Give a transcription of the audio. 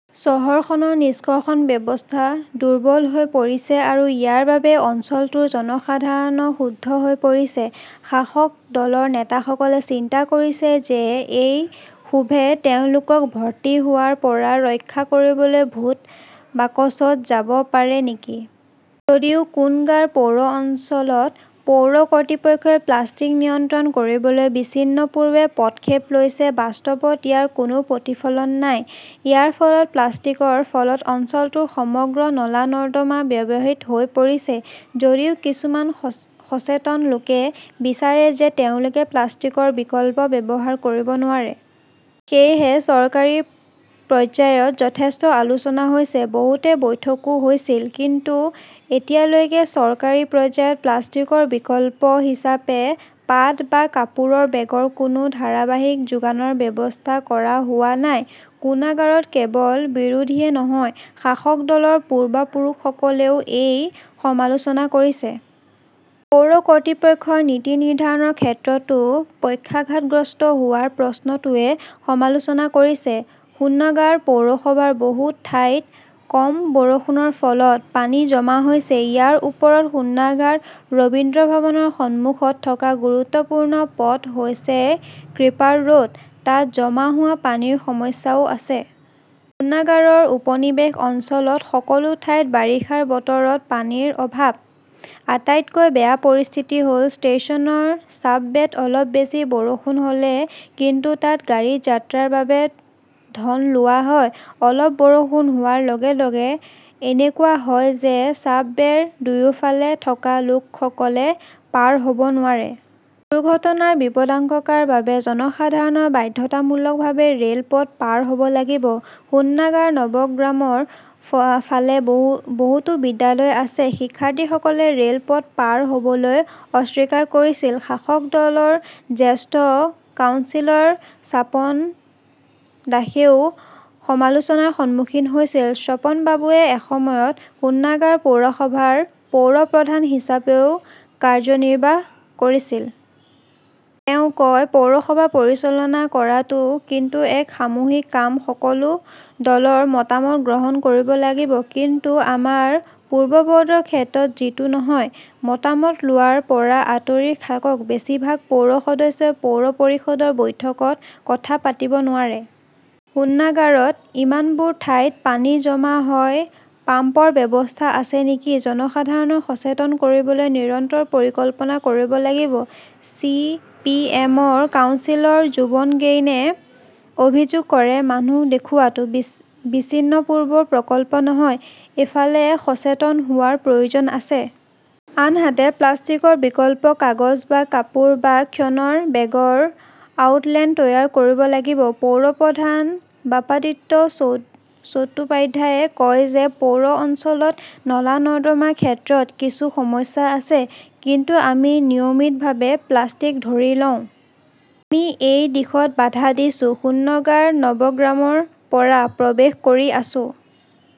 চহৰখনৰ নিষ্কাশন ব্যৱস্থা দুৰ্বল হৈ পৰিছে আৰু ইয়াৰ বাবেই অঞ্চলটোৰ জনসাধাৰণ ক্ষুব্ধ হৈ পৰিছে। শাসক দলৰ নেতাসকলে চিন্তা কৰিছে যে এই ক্ষোভে তেওঁলোকক ভৰ্তি হোৱাৰ পৰা ৰক্ষা কৰিবলৈ ভোট বাকচত যাব পাৰে নেকি? যদিও কোন্নগৰ পৌৰ অঞ্চলত পৌৰ কৰ্তৃপক্ষই প্লাষ্টিক নিয়ন্ত্ৰণ কৰিবলৈ বিচ্ছিন্ন পূৰ্বে পদক্ষেপ লৈছে, বাস্তৱত ইয়াৰ কোনো প্ৰতিফলন নাই। ইয়াৰ ফলত প্লাষ্টিকৰ ফলত অঞ্চলটোৰ সমগ্ৰ নলা-নৰ্দমা ব্যাহত হৈ পৰিছে। যদিও কিছুমান সচেতন লোকে বিচাৰে যে তেওঁলোকে প্লাষ্টিকৰ বিকল্প ব্যৱহাৰ কৰিব নোৱাৰে। সেয়েহে চৰকাৰী পৰ্যায়ত যথেষ্ট আলোচনা হৈছে। বহুতে বৈঠকো হৈছিল। কিন্তু এতিয়ালৈকে চৰকাৰী পৰ্যায়ত প্লাষ্টিকৰ বিকল্প হিচাপে পাট বা কাপোৰৰ বেগৰ কোনো ধাৰাবাহিক যোগানৰ ব্যৱস্থা কৰা হোৱা নাই। কোন্নগৰত কেৱল বিৰোধীয়ে নহয়, শাসক দলৰ পূৰ্বপুৰুষসকলেও এই সমালোচনা কৰিছে। পৌৰ কৰ্তৃপক্ষৰ নীতি নিৰ্ধাৰণৰ ক্ষেত্ৰতো পক্ষাঘাতগ্ৰস্ত হোৱাৰ প্ৰশ্নটোৱে সমালোচনা কৰিছে। কোন্নাগাৰ পৌৰসভাৰ বহু ঠাইত কম বৰষুণৰ ফলত পানী জমা হৈছে। ইয়াৰ ওপৰত কোন্নাগৰ ৰবীন্দ্ৰভবনৰ সন্মুখত থকা গুৰুত্বপূৰ্ণ পথ হৈছে ক্ৰিপাৰ ৰোড। তাত জমা হোৱা পানীৰ সমস্যাও আছে। কোন্নাগৰৰ উপনিবেশ অঞ্চল ত সকলো ঠাইতে বাৰিষাৰ বতৰত পানীৰ অভাৱ। আটাইতকৈ বেয়া পৰিস্থিতি হ'ল ষ্টেচনৰ ছাবৱেত অলপ বেছি বৰষুণ হ'লে, কিন্তু তাত গাড়ী যাত্ৰাৰ বাবে ধন লোৱা হয়। অলপ বৰষুণ হোৱাৰ লগে -লগে এনেকুৱা হয় যে চাবৱেৰ দুয়োফালে থকা লোকসকলে পাৰ হ'ব নোৱাৰে। দুৰ্ঘটনাৰ বিপদাশংকাৰ বাবে জনসাধাৰণে বাধ্যতামূলকভাৱে ৰে'লপথ পাৰ হ'ব লাগিব। কোন্নগৰ নৱগ্ৰামৰ ফালে বহুতো বিদ্যালয় আছে। শিক্ষাৰ্থীসকলে ৰে'লপথ পাৰ হ'বলৈ অস্বীকাৰ কৰিছিল। শাসক দলৰ জ্যেষ্ঠ কাউন্সিলৰ স্বপন দাসেও সমালোচনাৰ সন্মুখীন হৈছিল। স্বপনবাবুৱে এসময়ত কোন্নগাৰ পৌৰসভাৰ পৌৰ প্ৰধান হিচাপেও কাৰ্যনিৰ্বাহ কৰিছিল। তেওঁ কয়, পৌৰসভা পৰিচালনা কৰাটো কিন্তু এক সামূহিক কাম, সকলো দলৰ মতামত গ্ৰহণ কৰিব লাগিব। কিন্তু আমাৰ পূৰ্ববৰ্ডৰ ক্ষেত্ৰত যিটো নহয়। মতামত লোৱাৰ পৰা আঁতৰি থাকক বেছিভাগ পৌৰ সদস্যই পৌৰ পৰিষদৰ বৈঠকত কথা পাতিব নোৱাৰে। কুন্নাগৰত ইমানবোৰ ঠাইত পানী জমা হয় পাম্পৰ ব্যৱস্থা আছে নেকি? জনসাধাৰণক সচেতন কৰিবলৈ নিৰন্তৰ পৰিকল্পনা কৰিব লাগিব। চি. পি. এম. -ৰ কাউন্সিলৰ যুৱন গেইনে অভিযোগ কৰে মানুহ দেখুওৱাটো বিচ্ছিন্ন পূৰ্বৰ প্ৰকল্প নহয়, এফালে সচেতন হোৱাৰ প্ৰয়োজন আছে। আনহাতে, প্লাষ্টিকৰ বিকল্প কাগজ বা কাপোৰ বা শণৰ বেগৰ আউটলেট তৈয়াৰ কৰিব লাগিব। পৌৰ প্ৰধান বাপাদিত্যা চট্টোপাধ্যাইয়ে কয় যে পৌৰ অঞ্চলত নলা-নৰ্দমাৰ ক্ষেত্ৰত কিছু সমস্যা আছে । কিন্তু আমি নিয়মিতভাৱে প্লাষ্টিক ধৰি লওঁ। আমি এই দিশত বাধা দিছোঁ, কোন্নগৰ নৱগ্ৰামৰ পৰা প্ৰৱেশ কৰি আছোঁ।